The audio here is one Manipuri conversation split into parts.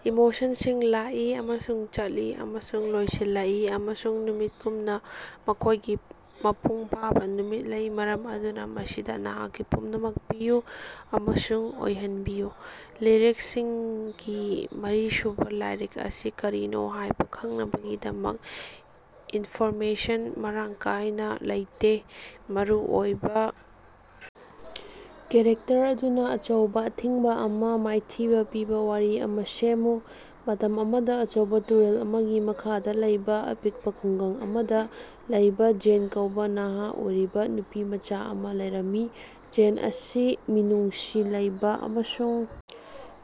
ꯏꯃꯣꯁꯟꯁꯤꯡ ꯂꯥꯛꯏ ꯑꯃꯁꯨꯡ ꯆꯠꯂꯤ ꯑꯃꯁꯨꯡ ꯂꯣꯏꯁꯤꯜꯂꯛꯏ ꯑꯃꯁꯨꯡ ꯅꯨꯃꯤꯠꯒꯨꯝꯅ ꯃꯈꯣꯏꯒꯤ ꯃꯄꯨꯡ ꯐꯥꯕ ꯅꯨꯃꯤꯠ ꯂꯩ ꯃꯔꯝ ꯑꯗꯨꯅ ꯃꯁꯤꯗ ꯅꯍꯥꯛꯀꯤ ꯄꯨꯝꯅꯃꯛ ꯄꯤꯌꯨ ꯑꯃꯁꯨꯡ ꯑꯣꯏꯍꯟꯕꯤꯌꯨ꯫ ꯂꯤꯔꯤꯛꯁꯤꯡꯒꯤ ꯃꯔꯤꯁꯨꯕ ꯂꯥꯏꯔꯤꯛ ꯑꯁꯤ ꯀꯔꯤꯅꯣ ꯍꯥꯏꯕ ꯈꯪꯅꯕꯒꯤꯗꯃꯛ ꯏꯟꯐꯣꯔꯃꯦꯁꯟ ꯃꯔꯥꯡ ꯀꯥꯏꯅ ꯂꯩꯇꯦ꯫। ꯃꯔꯨꯑꯣꯏꯕꯥ ꯀꯦꯔꯦꯛꯇꯔ ꯑꯗꯨꯅꯥ ꯑꯆꯧꯕꯥ ꯑꯊꯤꯡꯕꯥ ꯑꯃꯥ ꯃꯥꯏꯊꯤꯕꯥ ꯄꯤꯕꯥ ꯋꯥꯔꯤ ꯑꯃꯥ ꯁꯦꯝꯃꯨ꯫ ꯃꯇꯝ ꯑꯃꯗꯥ ꯑꯆꯧꯕꯥ ꯇꯨꯔꯦꯜ ꯑꯃꯒꯤ ꯃꯈꯥꯗꯥ ꯂꯩꯕꯥ ꯑꯄꯤꯛꯄ ꯈꯨꯡꯒꯪ ꯑꯃꯗꯥ ꯂꯩꯕ ꯖꯦꯟ ꯀꯧꯕꯥ ꯅꯍꯥ ꯑꯣꯏꯔꯤꯕꯥ ꯅꯨꯄꯤꯃꯆꯥ ꯑꯃ ꯂꯩꯔꯝꯃꯤ꯫ ꯖꯦꯟ ꯑꯁꯤ ꯃꯤꯅꯨꯡꯁꯤ ꯂꯩꯕꯥ ꯑꯃꯁꯨꯡ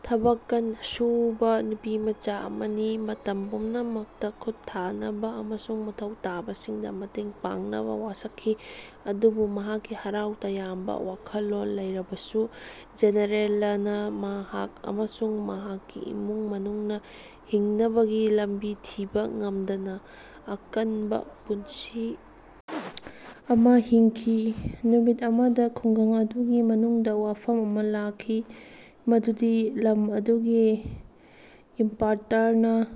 ꯊꯕꯛ ꯀꯟꯅꯥ ꯁꯨꯕꯥ ꯅꯨꯄꯤꯃꯆꯥ ꯑꯃꯅꯤ, ꯃꯇꯝ ꯄꯨꯝꯅꯃꯛꯇꯥ ꯈꯨꯠ ꯊꯥꯅꯕꯥ ꯑꯃꯁꯨꯡ ꯃꯊꯧ ꯇꯥꯕꯁꯤꯡꯗꯥ ꯃꯇꯦꯡ ꯄꯥꯡꯅꯕꯥ ꯋꯥꯁꯛꯈꯤ꯫ ꯑꯗꯨꯕꯨ ꯃꯍꯥꯛꯀꯤ ꯍꯔꯥꯎ ꯇꯌꯥꯝꯕ ꯋꯥꯈꯜꯂꯣꯟ ꯂꯩꯔꯕꯁꯨ, ꯖꯦꯅꯔꯦꯂꯅꯥ ꯃꯍꯥꯛ ꯑꯃꯁꯨꯡ ꯃꯍꯥꯛꯀꯤ ꯏꯃꯨꯡ ꯃꯅꯨꯡꯅꯥ ꯍꯤꯡꯅꯕꯒꯤ ꯂꯝꯕꯤ ꯊꯤꯕꯥ ꯉꯝꯗꯅꯥ ꯑꯀꯟꯕꯥ ꯄꯨꯟꯁꯤ ꯑꯃꯥ ꯍꯤꯡꯈꯤ꯫ ꯅꯨꯃꯤꯠ ꯑꯃꯗꯥ ꯈꯨꯡꯒꯪ ꯑꯗꯨꯒꯤ ꯃꯅꯨꯡꯗꯥ ꯋꯥꯐꯝ ꯑꯃ ꯂꯥꯛꯈꯤ ꯃꯗꯨꯗꯤ ꯂꯝ ꯑꯗꯨꯒꯤ ꯏꯝꯄꯥꯔꯇꯔꯅꯥ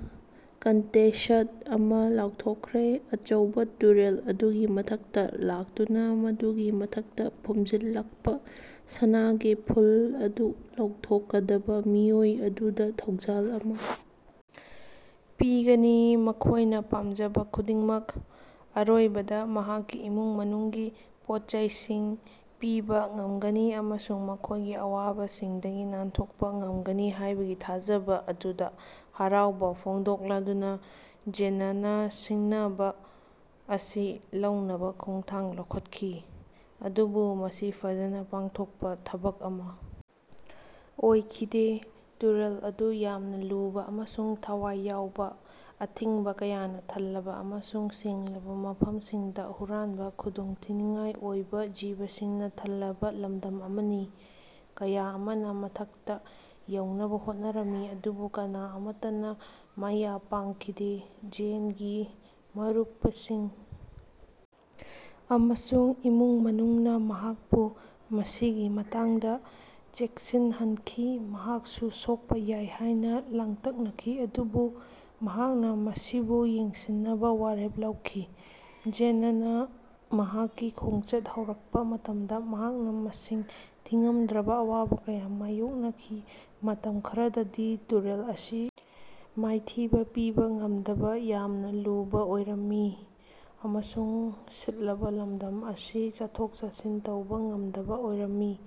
ꯀꯟꯇꯦꯁꯠ ꯑꯃꯥ ꯂꯥꯎꯊꯣꯛꯈ꯭ꯔꯦ꯫ ꯑꯆꯧꯕꯥ ꯇꯨꯔꯦꯜ ꯑꯗꯨꯒꯤ ꯃꯊꯛꯇꯥ ꯂꯥꯛꯇꯨꯅꯥ ꯃꯗꯨꯒꯤ ꯃꯊꯛꯇ ꯐꯨꯝꯖꯤꯜꯂꯛꯄꯥ ꯁꯅꯥꯒꯤ ꯐꯨꯜ ꯑꯗꯨ ꯂꯧꯊꯣꯛꯀꯗꯕꯥ ꯃꯤꯑꯣꯏ ꯑꯗꯨꯗꯥ ꯊꯧꯖꯥꯜ ꯑꯃꯥ ꯄꯤꯒꯅꯤ, ꯃꯈꯣꯏꯅꯥ ꯄꯥꯝꯖꯕꯥ ꯈꯨꯗꯤꯡꯃꯛ꯫ ꯑꯔꯣꯏꯕꯗꯥ ꯃꯍꯥꯛꯀꯤ ꯏꯃꯨꯡ ꯃꯅꯨꯡꯒꯤ ꯄꯣꯠꯆꯩꯁꯤꯡ ꯄꯤꯕꯥ ꯉꯝꯒꯅꯤ ꯑꯃꯁꯨꯡ ꯃꯈꯣꯏꯒꯤ ꯑꯋꯥꯕꯁꯤꯡꯗꯒꯤ ꯅꯥꯟꯊꯣꯛꯄꯥ ꯉꯝꯒꯅꯤ ꯍꯥꯏꯕꯒꯤ ꯊꯥꯖꯕꯥ ꯑꯗꯨꯗꯥ ꯍꯔꯥꯎꯕꯥ ꯐꯣꯡꯗꯣꯛꯂꯗꯨꯅꯥ ꯖꯦꯅꯅꯥ ꯁꯤꯡꯅꯕꯥ ꯑꯁꯤ ꯂꯧꯅꯕꯥ ꯈꯣꯡꯊꯥꯡ ꯂꯧꯈꯠꯈꯤ꯫ ꯑꯗꯨꯕꯨ ꯃꯁꯤ ꯐꯖꯅꯥ ꯄꯥꯡꯊꯣꯛꯄꯥ ꯊꯕꯛ ꯑꯃꯥ ꯑꯣꯏꯈꯤꯗꯦ꯫ ꯇꯨꯔꯦꯜ ꯑꯗꯨ ꯌꯥꯝꯅꯥ ꯂꯨꯕꯥ ꯑꯃꯁꯨꯡ ꯊꯋꯥꯏ ꯌꯥꯎꯕꯥ, ꯑꯊꯤꯡꯕꯥ ꯀꯌꯥꯅꯥ ꯊꯜꯂꯕꯥ ꯑꯃꯁꯨꯡ ꯁꯦꯡꯂꯕꯥ ꯃꯐꯝꯁꯤꯡꯗꯥ ꯍꯨꯔꯥꯟꯕꯥ ꯈꯨꯗꯣꯡꯊꯤꯅꯤꯡꯉꯥꯏ ꯑꯣꯏꯕꯥ ꯖꯤꯕꯁꯤꯡꯅꯥ ꯊꯜꯂꯕꯥ ꯂꯝꯗꯝ ꯑꯃꯅꯤ꯫ ꯀꯌꯥ ꯑꯃꯅꯥ ꯃꯊꯛꯇꯥ ꯌꯧꯅꯕꯥ ꯍꯣꯠꯅꯔꯝꯃꯤ ꯑꯗꯨꯕꯨ ꯀꯅꯥ ꯑꯃꯠꯇꯅꯥ ꯃꯥꯌ ꯄꯥꯛꯈꯤꯗꯦ꯫ ꯖꯦꯟꯒꯤ ꯃꯔꯨꯄꯁꯤꯡ ꯑꯃꯁꯨꯡ ꯏꯃꯨꯡ ꯃꯅꯨꯡꯅꯥ ꯃꯍꯥꯛꯄꯨ ꯃꯁꯤꯒꯤ ꯃꯇꯥꯡꯗꯥ ꯆꯦꯛꯁꯤꯟꯍꯟꯈꯤ, ꯃꯍꯥꯛꯁꯨ ꯁꯣꯛꯄꯥ ꯌꯥꯏ ꯍꯥꯏꯅꯥ ꯂꯥꯡꯇꯛꯅꯈꯤ, ꯑꯗꯨꯕꯨ ꯃꯍꯥꯛꯅꯥ ꯃꯁꯤꯕꯨ ꯌꯦꯡꯁꯤꯟꯅꯕꯥ ꯋꯥꯔꯦꯞ ꯂꯧꯈꯤ꯫ ꯖꯦꯅꯅꯥ ꯃꯍꯥꯛꯀꯤ ꯈꯣꯡꯆꯠ ꯍꯧꯔꯛꯄꯥ ꯃꯇꯝꯗ ꯃꯍꯥꯛꯅꯥ ꯃꯁꯤꯡ ꯊꯤꯉꯝꯗ꯭ꯔꯕꯥ ꯑꯋꯥꯕ ꯀꯌꯥ ꯃꯥꯌꯣꯛꯅꯈꯤ꯫ ꯃꯇꯝ ꯈꯔꯗꯗꯤ ꯇꯨꯔꯦꯜ ꯑꯁꯤ ꯃꯥꯏꯊꯤꯕꯥ ꯄꯤꯕ ꯉꯝꯗꯕ ꯌꯥꯝꯅꯥ ꯂꯨꯕꯥ ꯑꯣꯏꯔꯝꯃꯤ, ꯑꯃꯁꯨꯡ ꯁꯤꯠꯂꯕꯥ ꯂꯝꯗꯝ ꯑꯁꯤ ꯆꯠꯊꯣꯛ-ꯆꯠꯁꯤꯟ ꯇꯧꯕꯥ ꯉꯝꯗꯕꯥ ꯑꯣꯏꯔꯝꯃꯤ꯫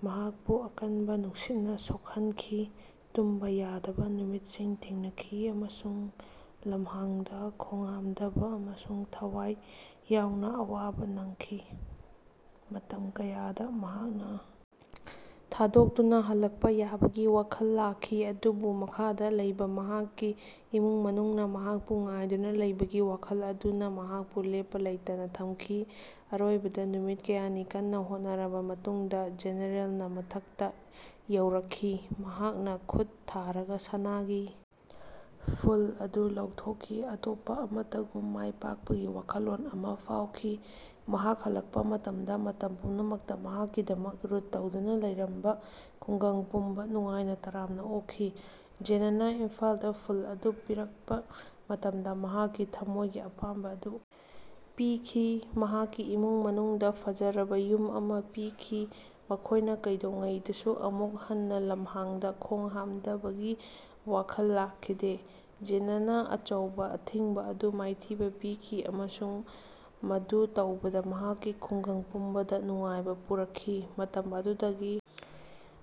ꯃꯍꯥꯛꯄꯨ ꯑꯀꯟꯕꯥ ꯅꯨꯡꯁꯤꯠꯅꯥ ꯁꯣꯛꯍꯟꯈꯤ, ꯇꯨꯝꯕꯥ ꯌꯥꯗꯕꯥ ꯅꯨꯃꯤꯠꯁꯤꯡ ꯊꯦꯡꯅꯈꯤ ꯑꯃꯁꯨꯡ ꯂꯝꯍꯥꯡꯗꯥ ꯈꯣꯡꯍꯥꯝꯗꯕꯥ ꯑꯃꯁꯨꯡ ꯊꯋꯥꯏ ꯌꯥꯎꯅ ꯑꯋꯥꯕꯥ ꯅꯪꯈꯤ꯫ ꯃꯇꯝ ꯀꯌꯥꯗ ꯃꯍꯥꯛꯅ ꯊꯥꯗꯣꯛꯇꯨꯅꯥ ꯍꯜꯂꯛꯄꯥ ꯌꯥꯕꯒꯤ ꯋꯥꯈꯜ ꯂꯥꯛꯈꯤ ꯑꯗꯨꯕꯨ ꯃꯈꯥꯗꯥ ꯂꯩꯕꯥ ꯃꯍꯥꯛꯀꯤ ꯏꯃꯨꯡ ꯃꯅꯨꯡꯅꯥ ꯃꯍꯥꯛꯄꯨ ꯉꯥꯏꯗꯨꯅꯥ ꯂꯩꯕꯒꯤ ꯋꯥꯈꯜ ꯑꯗꯨꯅꯥ ꯃꯍꯥꯛꯄꯨ ꯂꯦꯞꯄꯥ ꯂꯩꯇꯅꯥ ꯊꯝꯈꯤ꯫ ꯑꯔꯣꯏꯕꯗ ꯅꯨꯃꯤꯠ ꯀꯌꯥꯅꯤ ꯀꯟꯅꯥ ꯍꯣꯠꯅꯔꯕꯥ ꯃꯇꯨꯡꯗꯥ ꯖꯦꯅꯔꯦꯜꯅꯥ ꯃꯊꯛꯇꯥ ꯌꯧꯔꯛꯈꯤ꯫ ꯃꯍꯥꯛꯅꯥ ꯈꯨꯠ ꯊꯥꯔꯒꯥ ꯁꯅꯥꯒꯤ ꯐꯨꯜ ꯑꯗꯨ ꯂꯧꯊꯣꯛꯈꯤ, ꯑꯇꯣꯞꯄꯥ ꯑꯃꯠꯇꯒꯨꯝ ꯃꯥꯏꯄꯥꯛꯄꯒꯤ ꯋꯥꯈꯜꯂꯣꯟ ꯑꯃꯥ ꯐꯥꯎꯈꯤ꯫ ꯃꯍꯥꯛ ꯍꯜꯂꯛꯄꯥ ꯃꯇꯝꯗꯥ, ꯃꯇꯝ ꯄꯨꯝꯅꯃꯛꯇꯥ ꯃꯍꯥꯛꯀꯤꯗꯃꯛ ꯔꯨꯠ ꯇꯧꯗꯨꯅꯥ ꯂꯩꯔꯝꯕꯥ ꯈꯨꯡꯒꯪ ꯄꯨꯝꯕꯥ ꯅꯨꯡꯉꯥꯏꯅꯥ ꯇꯔꯥꯝꯅꯥ ꯑꯣꯛꯈꯤ꯫ ꯖꯦꯅꯅꯥ ꯏꯝꯐꯥꯜꯗꯥ ꯐꯨꯜ ꯑꯗꯨ ꯄꯤꯔꯛꯄꯥ ꯃꯇꯝꯗ ꯃꯍꯥꯛꯀꯤ ꯊꯝꯃꯣꯏꯒꯤ ꯑꯄꯥꯝꯕꯥ ꯑꯗꯨ ꯄꯤꯈꯤ꯫ ꯃꯍꯥꯛꯀꯤ ꯏꯃꯨꯡ ꯃꯅꯨꯡꯗꯥ ꯐꯖꯔꯕꯥ ꯌꯨꯝ ꯑꯃ ꯄꯤꯈꯤ, ꯃꯈꯣꯏꯅ ꯀꯩꯗꯧꯉꯩꯗꯁꯨ ꯑꯃꯨꯛ ꯍꯟꯅꯥ ꯂꯝꯍꯥꯡꯗꯥ ꯈꯣꯡ ꯍꯥꯝꯗꯕꯒꯤ ꯋꯥꯈꯜ ꯂꯥꯛꯈꯤꯗꯦ꯫ ꯖꯦꯅꯅꯥ ꯑꯆꯧꯕꯥ ꯑꯊꯤꯡꯕꯥ ꯑꯗꯨ ꯃꯥꯏꯊꯤꯕꯥ ꯄꯤꯈꯤ ꯑꯃꯁꯨꯡ ꯃꯗꯨ ꯇꯧꯕꯗꯥ ꯃꯍꯥꯛꯀꯤ ꯈꯨꯡꯒꯪ ꯄꯨꯝꯕꯗꯥ ꯅꯨꯡꯉꯥꯏꯕꯥ ꯄꯨꯔꯛꯈꯤ꯫ ꯃꯇꯝ ꯑꯗꯨꯗꯒꯤ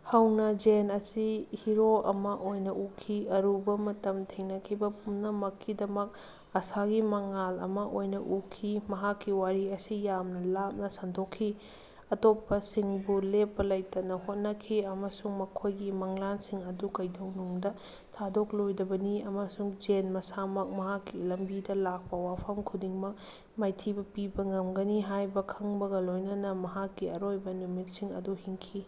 ꯍꯧꯅꯥ ꯖꯦꯟ ꯑꯁꯤ ꯍꯤꯔꯣ ꯑꯃꯥ ꯑꯣꯏꯅꯥ ꯎꯈꯤ, ꯑꯔꯨꯕꯥ ꯃꯇꯝ ꯊꯦꯡꯅꯈꯤꯕꯥ ꯄꯨꯝꯅꯃꯛꯀꯤꯗꯃꯛ ꯑꯥꯁꯥꯒꯤ ꯃꯉꯥꯜ ꯑꯃꯥ ꯑꯣꯏꯅꯥ ꯎꯈꯤ꯫ ꯃꯍꯥꯛꯀꯤ ꯋꯥꯔꯤ ꯑꯁꯤ ꯌꯥꯝꯅꯥ ꯂꯥꯞꯅꯥ ꯁꯟꯗꯣꯛꯈꯤ, ꯑꯇꯣꯞꯄꯁꯤꯡꯕꯨ ꯂꯦꯞꯄꯥ ꯂꯩꯇꯅꯥ ꯍꯣꯠꯅꯈꯤ ꯑꯃꯁꯨꯡ ꯃꯈꯣꯏꯒꯤ ꯃꯪꯂꯥꯟꯁꯤꯡ ꯑꯗꯨ ꯀꯩꯗꯧꯅꯨꯡꯗꯥ ꯊꯥꯗꯣꯛꯂꯣꯏꯗꯕꯅꯤ꯫ ꯑꯃꯁꯨꯡ ꯖꯦꯟ ꯃꯁꯥꯃꯛ, ꯃꯍꯥꯛꯀꯤ ꯂꯝꯕꯤꯗꯥ ꯂꯥꯛꯄꯥ ꯋꯥꯐꯝ ꯈꯨꯗꯤꯡꯃꯛ ꯃꯥꯏꯊꯤꯕꯥ ꯄꯤꯕꯥ ꯉꯝꯒꯅꯤ ꯍꯥꯏꯕꯥ ꯈꯪꯕꯒꯥ ꯂꯣꯏꯅꯅ ꯃꯍꯥꯛꯀꯤ ꯑꯔꯣꯏꯕꯥ ꯅꯨꯃꯤꯠꯁꯤꯡ ꯑꯗꯨ ꯍꯤꯡꯈꯤ꯫।